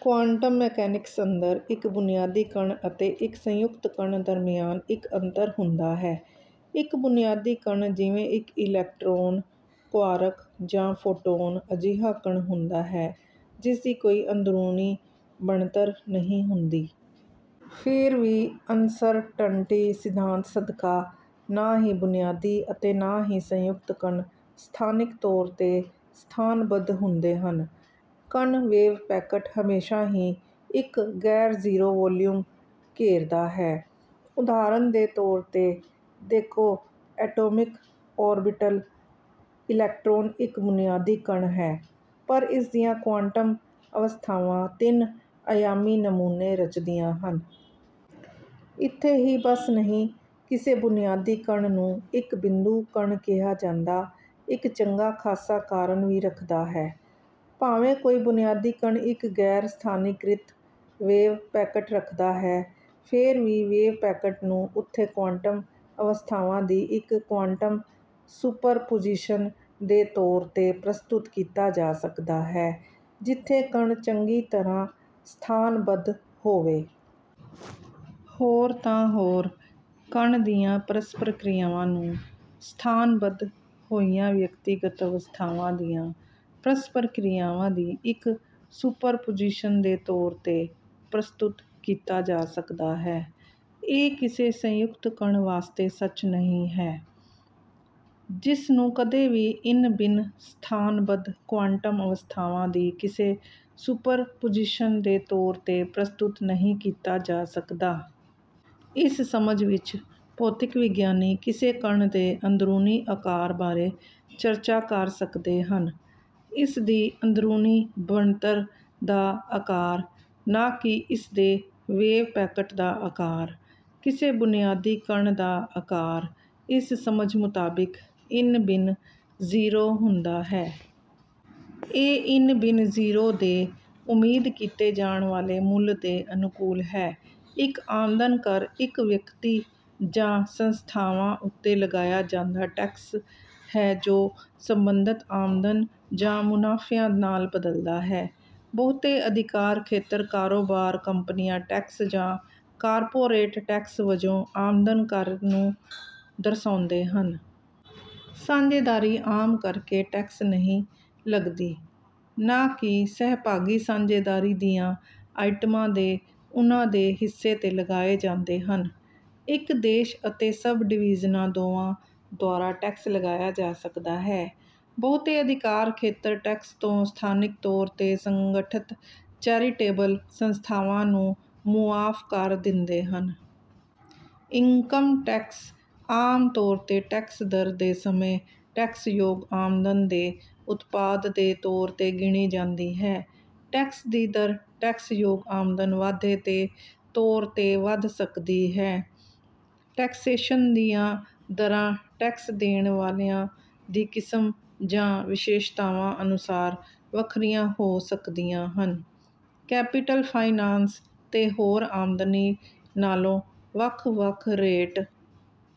Quantum mechanics ਅੰਦਰ, ਇੱਕ ਬੁਨਿਆਦੀ ਕਣ ਅਤੇ ਇੱਕ ਸੰਯੁਕਤ ਕਣ ਦਰਮਿਆਨ ਇੱਕ ਅੰਤਰ ਹੁੰਦਾ ਹੈ। ਇੱਕ ਬੁਨਿਆਦੀ ਕਣ, ਜਿਵੇਂ ਇੱਕ ਇਲੈਕਟ੍ਰੌਨ, ਕੁਆਰਕ, ਜਾਂ ਫੋਟੌਨ, ਅਜਿਹਾ ਕਣ ਹੁੰਦਾ ਹੈ ਜਿਸਦੀ ਕੋਈ ਅੰਦਰੂਨੀ ਬਣਤਰ ਨਹੀਂ ਹੁੰਦੀ। ਫੇਰ ਵੀ, ਅਨਸਰਟਨਟੀ ਸਿਧਾਂਤ ਸਦਕਾ, ਨਾ ਹੀ ਬੁਨਿਆਦੀ ਅਤੇ ਨਾ ਹੀ ਸੰਯੁਕਤ ਕਣ ਸਥਾਨਿਕ ਤੌਰ ਤੇ ਸਥਾਨਬੱਧ ਹੁੰਦੇ ਹਨ। ਕਣ ਵੇਵਪੈਕਟ ਹਮੇਸ਼ਾਂ ਹੀ ਇੱਕ ਗੈਰ-ਜ਼ੀਰੋ ਵੌਲੀਊਮ ਘੇਰਦਾ ਹੈ। ਉਦਾਹਰਨ ਦੇ ਤੌਰ ਤੇ, ਦੇਖੋ ਐਟੌਮਿਕ ਔਰਬਿਟਲ: ਇਲੈਕਟ੍ਰੌਨ ਇੱਕ ਬੁਨਿਆਦੀ ਕਣ ਹੈ, ਪਰ ਇਸਦੀਆਂ ਕੁਆਂਟਮ ਅਵਸਥਾਵਾਂ ਤਿੰਨ-ਅਯਾਮੀ ਨਮੂਨੇ ਰਚਦੀਆਂ ਹਨ। ਇੱਥੇ ਹੀ ਬੱਸ ਨਹੀਂ, ਕਿਸੇ ਬੁਨਿਆਦੀ ਕਣ ਨੂੰ ਇੱਕ ਬਿੰਦੂ ਕਣ ਕਿਹਾ ਜਾਣਾ ਇੱਕ ਚੰਗਾ ਖਾਸਾ ਕਾਰਨ ਵੀ ਰੱਖਦਾ ਹੈ। ਭਾਵੇਂ ਕੋਈ ਬੁਨਿਆਦੀ ਕਣ ਇੱਕ ਗੈਰ-ਸਥਾਨੀਕ੍ਰਿਤ ਵੇਵਪੈਕਟ ਰੱਖਦਾ ਹੈ, ਫੇਰ ਵੀ ਵੇਵਪੈਕਟ ਨੂੰ ਉੱਥੇ ਕੁਆਂਟਮ ਅਵਸਥਾਵਾਂ ਦੀ ਇੱਕ ਕੁਆਂਟਮ ਸੁਪਰਪੁਜੀਸ਼ਨ ਦੇ ਤੌਰ ਤੇ ਪ੍ਰਸਤੁਤ ਕੀਤਾ ਜਾ ਸਕਦਾ ਹੈ ਜਿੱਥੇ ਕਣ ਚੰਗੀ ਤਰ੍ਹਾਂ ਸਥਾਨਬੱਧ ਹੋਵੇ। ਹੋਰ ਤਾਂ ਹੋਰ, ਕਣ ਦੀਆਂ ਪਰਸਪਰ ਕ੍ਰਿਆਵਾਂ ਨੂੰ ਸਥਾਨਬੱਧ ਹੋਈਆਂ ਵਿਅਕਤੀਗਤ ਅਵਸਥਾਵਾਂ ਦੀਆਂ ਪਰਸਪਰ ਕ੍ਰਿਆਵਾਂ ਦੀ ਇੱਕ ਸੁਪਰਪੁਜੀਸ਼ਨ ਦੇ ਤੌਰ ਤੇ ਪ੍ਰਸਤੁਤ ਕੀਤਾ ਜਾ ਸਕਦਾ ਹੈ। ਇਹ ਕਿਸੇ ਸੰਯੁਕਤ ਕਣ ਵਾਸਤੇ ਸੱਚ ਨਹੀਂ ਹੈ, ਜਿਸ ਨੂੰ ਕਦੇ ਵੀ ਇੰਨਬਿੰਨ-ਸਥਾਨਬੱਧ ਕੁਆਂਟਮ ਅਵਸਥਾਵਾਂ ਦੀ ਕਿਸੇ ਸੁਪਰਪੁਜੀਸ਼ਨ ਦੇ ਤੌਰ ਤੇ ਪ੍ਰਸਤੁਤ ਨਹੀਂ ਕੀਤਾ ਜਾ ਸਕਦਾ। ਇਸ ਸਮਝ ਵਿੱਚ, ਭੌਤਿਕ ਵਿਗਿਆਨੀ ਕਿਸੇ ਕਣ ਦੇ ਅੰਦਰੂਨੀ ਅਕਾਰ ਬਾਰੇ ਚਰਚਾ ਕਰ ਸਕਦੇ ਹਨ: ਇਸਦੀ ਅੰਦਰੂਨੀ ਬਣਤਰ ਦਾ ਅਕਾਰ, ਨਾ ਕਿ ਇਸਦੇ ਵੇਵਪੈਕਟ ਦਾ ਅਕਾਰ। ਕਿਸੇ ਬੁਨਿਆਦੀ ਕਣ ਦਾ ਅਕਾਰ, ਇਸ ਸਮਝ ਮੁਤਾਬਿਕ, ਇੰਨਬਿੰਨ ਜ਼ੀਰੋ ਹੁੰਦਾ ਹੈ। ਇਹ ਇੰਨਬਿੰਨ ਜ਼ੀਰੋ ਦੇ ਉਮੀਦ ਕੀਤੇ ਜਾਣ ਵਾਲੇ ਮੁੱਲ ਦੇ ਅਨੁਕੂਲ ਹੈ। ਇੱਕ ਆਮਦਨ ਕਰ ਇੱਕ ਵਿਅਕਤੀ ਜਾਂ ਸੰਸਥਾਵਾਂ ਉੱਤੇ ਲਗਾਇਆ ਜਾਂਦਾ ਟੈਕਸ ਹੈ ਜੋ ਸੰਬੰਧਤ ਆਮਦਨ ਜਾਂ ਮੁਨਾਫਿਆਂ ਨਾਲ ਬਦਲਦਾ ਹੈ। ਬਹੁਤੇ ਅਧਿਕਾਰ ਖੇਤਰ ਕਾਰੋਬਾਰ ਕੰਪਨੀਆਂ ਟੈਕਸ ਜਾਂ ਕਾਰਪੋਰੇਟ ਟੈਕਸ ਵਜੋਂ ਆਮਦਨ ਕਰ ਨੂੰ ਦਰਸਾਉਂਦੇ ਹਨ। ਸਾਂਝੇਦਾਰੀ ਆਮ ਕਰਕੇ ਟੈਕਸ ਨਹੀਂ ਲਗਦੀ; ਨਾ ਕਿ, ਸਹਿਭਾਗੀ ਸਾਂਝੇਦਾਰੀ ਦੀਆਂ ਆਈਟਮਾਂ ਦੇ ਉਨ੍ਹਾਂ ਦੇ ਹਿੱਸੇ ਤੇ ਲਗਾਏ ਜਾਂਦੇ ਹਨ। ਇੱਕ ਦੇਸ਼ ਅਤੇ ਸਬ-ਡਿਵੀਜ਼ਨਾਂ ਦੋਵਾਂ ਦੁਆਰਾ ਟੈਕਸ ਲਗਾਇਆ ਜਾ ਸਕਦਾ ਹੈ। ਬਹੁਤੇ ਅਧਿਕਾਰ ਖੇਤਰ ਟੈਕਸ ਤੋਂ ਸਥਾਨਿਕ ਤੌਰ ਤੇ ਸੰਗਠਤ ਚੈਰੀਟੇਬਲ ਸੰਸਥਾਵਾਂ ਨੂੰ ਮੁਆਫ ਕਰ ਦਿੰਦੇ ਹਨ। ਇਨਕਮ ਟੈਕਸ ਆਮ ਤੌਰ ਤੇ ਟੈਕਸ ਦਰ ਦੇ ਸਮੇਂ ਟੈਕਸਯੋਗ ਆਮਦਨ ਦੇ ਉਤਪਾਦ ਦੇ ਤੌਰ ਤੇ ਗਿਣੀ ਜਾਂਦੀ ਹੈ। ਟੈਕਸ ਦੀ ਦਰ ਟੈਕਸਯੋਗ ਆਮਦਨ ਵਾਧੇ ਦੇ ਤੌਰ ਤੇ ਵਧ ਸਕਦੀ ਹੈ। ਟੈਕਸੇਸ਼ਨ ਦੀਆਂ ਦਰਾਂ ਟੈਕਸ ਦੇਣ ਵਾਲਿਆਂ ਦੀ ਕਿਸਮ ਜਾਂ ਵਿਸ਼ੇਸ਼ਤਾਵਾਂ ਅਨੁਸਾਰ ਵੱਖਰੀਆਂ ਹੋ ਸਕਦੀਆਂ ਹਨ। ਕੈਪੀਟਲ ਫਾਇਨਾਂਸ ਤੇ ਹੋਰ ਆਮਦਨੀ ਨਾਲੋਂ ਵੱਖ ਵੱਖ ਰੇਟ...